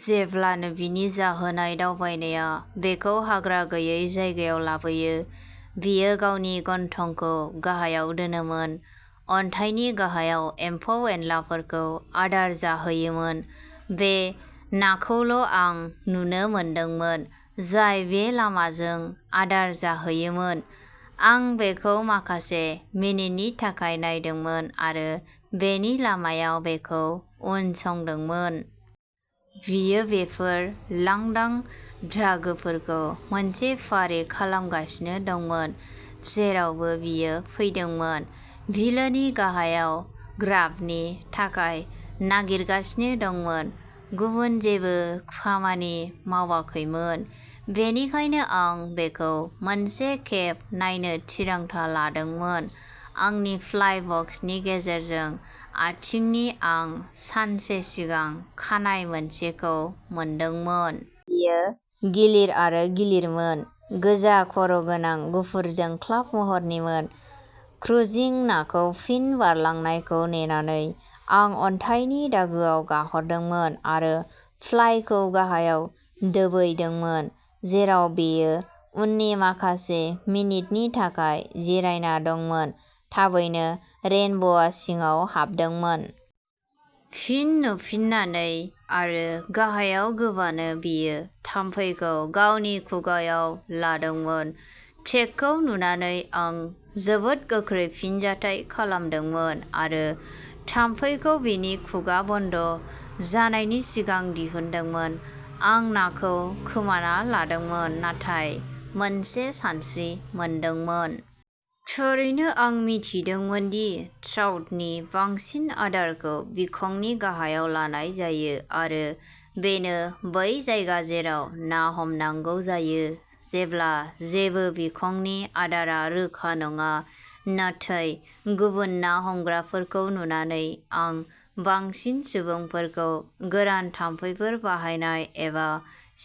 जेब्लानो बिनि जाहोनाय दावबायनाया बेखौ हाग्रा गैयै जायगायाव लाबोयो, बेयो गावनि गन्थंखौ गाहायाव दोनोमोन, अन्थाइनि गाहायाव एम्फौ-एनलाफोरखौ आदार जाहैयोमोन। बे नाखौल'आं नुनो मोनदोंमोन जाय बे लामाजों आदार जाहैयोमोन। आं बेखौ माखासे मिनिटनि थाखाय नायदोंमोन आरो बेनि लामायाव बेखौ उनसंदोंमोन। बेयो बेफोर लांदां दागोफोरखौ मोनसे फारि खालामगासिनो दंमोन, जेरावबो बियो फैदोंमोन बिलोनि गाहायाव ग्राबनि थाखाय नागिरगासिनो दंमोन। गुबुन जेबो खामानि मावाखैमोन, बेनिखायनो आं बेखौ मोनसे खेब नायनो थिरांथा लादोंमोन। आंनि फ्लाइ बक्सनि गेजेरजों आथिंनि, आं सानसे सिगां खानाय मोनसेखौ मोनदोंमोन। बेयो गिलिर आरो गिलिरमोन, गोजा खर'गोनां गुफुर जोंख्लाब महरनिमोन। क्रुजिं नाखौ फिन बारलांनायखौ नेनानै, आं अन्थाइनि दागोआव गारहरदोंमोन आरो फ्लाइखौ गाहायाव दोबैदोंमोन जेराव बेयो उननि माखासे मिनिटनि थाखाय जिरायना दंमोन। थाबैनो, रेइनब'आ सिङाव हाबदोंमोन। फिन नुफिननानै आरो गाहायाव गोबानो, बेयो थाम्फैखौ गावनि खुगाआव लांदोंमोन। टेकखौ नुनानै आं जोबोद गोख्रै फिनजाथाय खालामदोंमोन आरो थाम्फैखौ बिनि खुगा बन्द जानायनि सिगां दिहुनदोंमोन। आं नाखौ खोमाना लादोंमोन नाथाय मोनसे सानस्रि मोनदोंमोन। थारैनो, आं मिथिदोंमोन दि ट्राउटनि बांसिन आदारखौ बिखंनि गाहायाव लानाय जायो आरो बेनो बै जायगा जेराव ना हमनांगौ जायो जेब्ला जेबो बिखंनि आदारआ रोखा नङा। नाथाय गुबुन ना हमग्राफोरखौ नुनानै आं बांसिन सुबुंफोरखौ गोरान थाम्फैफोर बाहायनाय एबा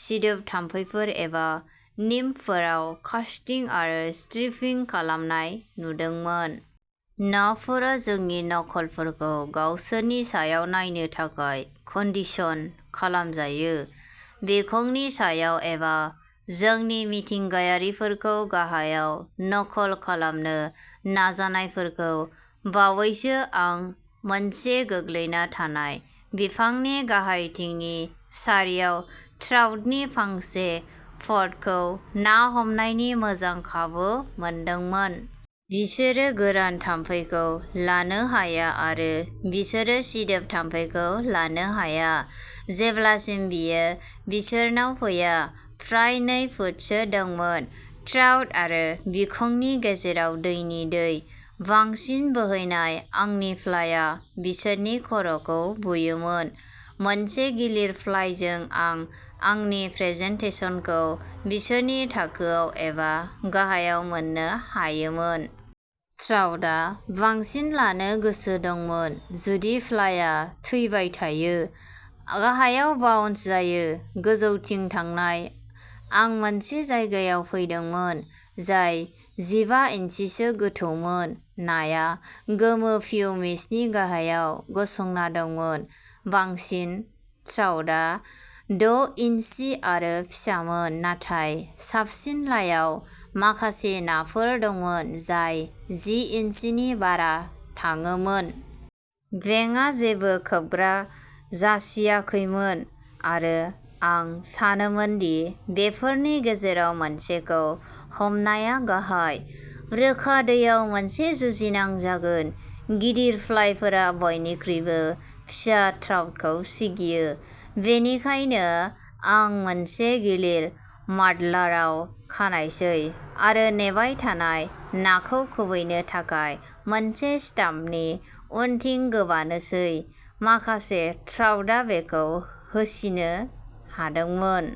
सिदोब थाम्फैफोर एबा निम्फफोराव कास्टिं आरो स्ट्रिपिं खालामनाय नुदोंमोन। नाफोरा जोंनि नकलफोरखौ गावसोरनि सायाव नायनो थाखाय कन्डिशन्ड खालामजायो, बिखंनि सायाव एबा जोंनि मिथिंगायारिफोरखौ गाहायाव नकल खालामनो नाजानायफोरखौ। बावैसो, आं मोनसे गोग्लैना थानाय बिफांनि गाहायथिंनि सारियाव ट्राउटनि फांसे फ'डखौ ना हमनायनि मोजां खाबु मोनदोंमोन। बिसोरो गोरान थाम्फैखौ लानो हाया आरो बिसोरो सिदोब थाम्फैखौ लानो हाया जेब्लासिम बेयो बिसोरनाव फैया। फ्राय नै फुटसो दंमोन। ट्राउट आरो बिखंनि गेजेराव दैनि दै। बांसिन बोहैनाय, आंनि फ्लाइआ बिसोरनि खर'खौ बुयोमोन। मोनसे गिलिर फ्लाइजों आं आंनि प्रेजेन्टेसनखौ बिसोरनि थाखोआव एबा गाहायाव मोन्नो हायोमोन। ट्राउटआ बांसिन लानो गोसो दंमोन जुदि फ्लाइआ थैबाय थायो, गाहायाव बाउन्स जायो। गोजौथिं थांनाय, आं मोनसे जायगायाव फैदोंमोन जाय जिबा इन्सिसो गोथौमोन। नाआ गोमो पियुमिसनि गाहायाव गसंना दंमोन। बांसिन ट्राउटआ द'इन्सि आरो फिसामोन, नाथाय साबसिन लाइआव माखासे नाफोर दंमोन जाय जि इन्सिनि बारा थाङोमोन। बेंकआ जेबो खोबग्रा जासियाखैमोन आरो आं सानोमोन दि बेफोरनि गेजेराव मोनसेखौ हमनाया गाहाय, रोखा दैयाव मोनसे जुजिनां जागोन। गिदिर फ्लाइफोरा बयनिख्रुइबो फिसा ट्राउटखौ सिगियो, बेनिखायनो आं मोनसे गिलिर माड्लारआव खानायसै आरो नेबाय थानाय नाखौ खुबैनो थाखाय मोनसे स्टाम्पनि उनथिं गोबानोसै। माखासे ट्राउटआ बेखौ होसिनो हादोंमोन।